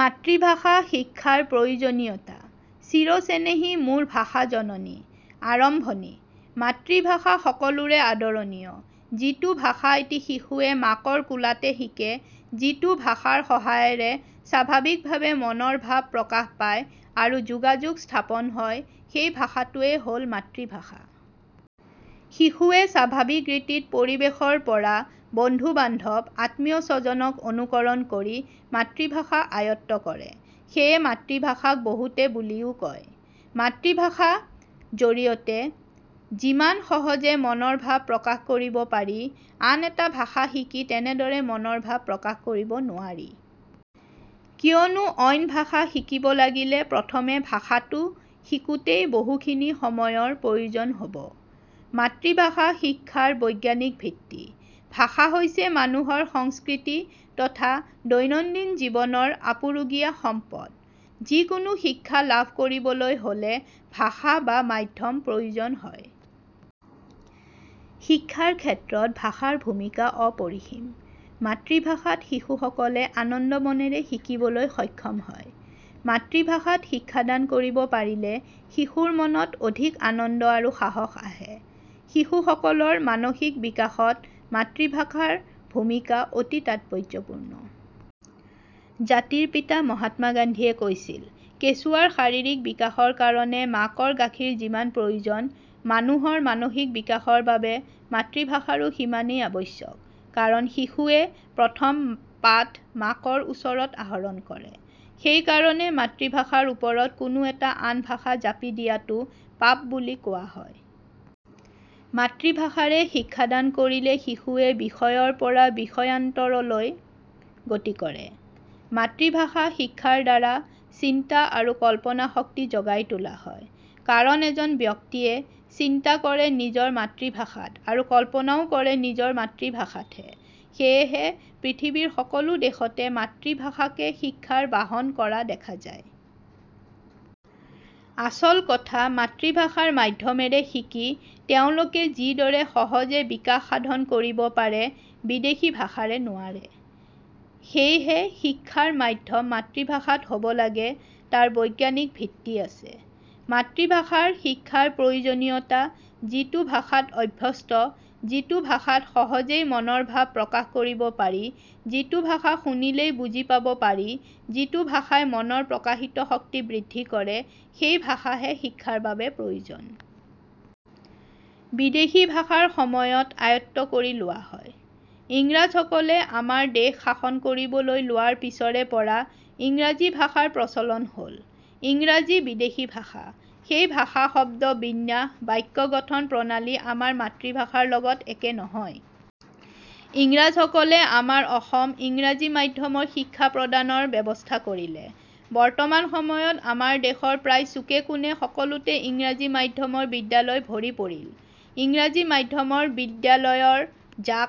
মাতৃভাষা শিক্ষাৰ প্ৰয়োজনীয়তা " চিৰ চেনেহী মোৰ ভাষা জননী" আৰম্ভণি – মাতৃভাষা সকলোৰে আদৰণীয়। যিটো ভাষা এটি শিশুৱে মাকৰ কোলাতে শিকে, যিটো ভাষাৰ সহায়েৰে স্বাভাৱিক ভাৱে মনৰ ভাৱ প্ৰকাশ পায় আৰু যোগাযোগ স্থাপন হয় সেই ভাষাটোৱে হল মাতৃভাষা। শিশুৱে স্বাভাৱিক ৰীতিত পৰিৱেশৰ পৰা, বন্ধু – বান্ধব, আত্মীয়স্বজক অনুকৰণ কৰি মাতৃভাষা আয়ত্ব কৰে। সেয়ে মাতৃভাষাক বহুতে বুলিও কয়। মাতৃভাষা জৰিয়তে যিমান সহজে মনৰ ভাৱ প্ৰকাশ কৰিব পাৰি আন এটা ভাষা শিকি তেনেদৰে মনৰ ভাৱ প্ৰকাশ কৰিব নোৱাৰি। কিয়নো অইন ভাষা শিকিব লাগিলে প্ৰথমে ভাষাটো শিকোতেই বহু খিনি সময়ৰ প্ৰয়োজন হব। মাতৃভাষা শিক্ষাৰ বৈজ্ঞানিক ভিত্তি – ভাষা হৈছে মানুহৰ সংস্কৃতি তথা দৈনন্দিন জীৱনৰ আপুৰুগীয়া সম্পদ। যিকোনো শিক্ষা লাভ কৰিবলৈ হলে ভাষা বা মাধ্যম প্ৰয়োজন হয়। শিক্ষাৰ ক্ষেত্ৰত ভাষাৰ ভূমিকা অপৰিসীম। মাতৃভাষাত শিশু সকলে আনন্দ মনেৰে শিকিবলৈ সক্ষম হয়। মাতৃভাষাত শিক্ষা দান কৰিব পাৰিলে শিশুৰ মনত অধিক আনন্দ আৰু সাহস আহে। শিশু সকলৰ মানসিক বিকাশত মাতৃভাষাৰ ভূমিকা অতি তাৎপৰ্যপূৰ্ণ। জাতিৰ পিতা মহাত্মা গান্ধীয়ে কৈছিল "কেঁচুৱাৰ শাৰীৰিক বিকাশৰ কাৰণে মাকৰ গাখীৰ যিমান প্ৰয়োজন, মানুহৰ মানসিক বিকাশৰ বাবে মাতৃভাষাৰো সিমানেই আৱশ্যক কাৰণ শিশুৱে প্ৰথম পাঠ মাকৰ ওচৰত আহৰণ কৰে। সেই কাৰণে মাতৃভাষাৰ ওপৰত কোনো এটা আন ভাষা জাপি দিয়াটো পাপ বুলি কোৱা হয়। " মাতৃভাষাৰে শিক্ষাদান কৰিলে শিশুৱে বিষয়ৰ পৰা বিষয়ান্তৰলৈ গতি কৰে। মাতৃভাষা শিক্ষাৰ দ্বাৰা চিন্তা আৰু কল্পনা শক্তি জগাই তোলা হয়। কাৰণ এজন ব্যক্তিয়ে চিন্তা কৰে নিজৰ মাতৃভাষাত আৰু কল্পনাও কৰে নিজৰ মাতৃভাষাতহে। সেইহে পৃথিৱীৰ সকলো দেশতে মাতৃভাষাকে শিক্ষাৰ বাহন কৰা দেখা যায়। আচল কথা মাতৃভাষাৰ মাধ্যমেৰে শিকি তেওঁলোকে যিদৰে সহজে বিকাশ সাধন কৰিব পাৰে বিদেশী ভাষাৰে নোৱাৰে। সেইহে শিক্ষাৰ মাধ্যম মাতৃভাষাত হব লাগে তাৰ বৈজ্ঞানিক ভিত্তি আছে। মাতৃভাষাৰ শিক্ষাৰ প্ৰয়োজনীয়তা – যিটো ভাষাত অভ্যস্ত, যিটো ভাষাত সহজেই মনৰ ভাৱ প্ৰকাশ কৰিব পাৰি, যিটো ভাষা শুনিলেই বুজি পাব পাৰি, যিটো ভাষাই মনৰ প্ৰকাশিত শক্তি বৃদ্ধি কৰে, সেই ভাষাহে শিক্ষাৰ বাবে প্ৰয়োজন। বিদেশী ভাষাৰ সময়ত আয়ত্ব কৰি লোৱা হয়। ইংৰাজ সকলে আমাৰ দেশ শাসন কৰিবলৈ লোৱাৰ পিছৰে পৰা ইংৰাজী ভাষাৰ প্ৰচলন হল। ইংৰাজী বিদেশী ভাষা। সেই ভাষা শব্দ বিন্যাস, বাক্য গঠন প্ৰণালী আমাৰ মাতৃভাষাৰ লগত একে নহয়। ইংৰাজ সকলে আমাৰ অসম ইংৰাজী মাধ্যমৰ শিক্ষাৰ প্ৰদানৰ ব্যৱস্থা কৰিলে। বৰ্তমান সময়ত আমাৰ দেশৰ প্ৰায় চুকে কোনে সকলোতে ইংৰাজী মাধ্যমৰ বিদ্যালয় ভৰি পৰিল। ইংৰাজী মাধ্যমৰ বিদ্যালয়ৰ জাক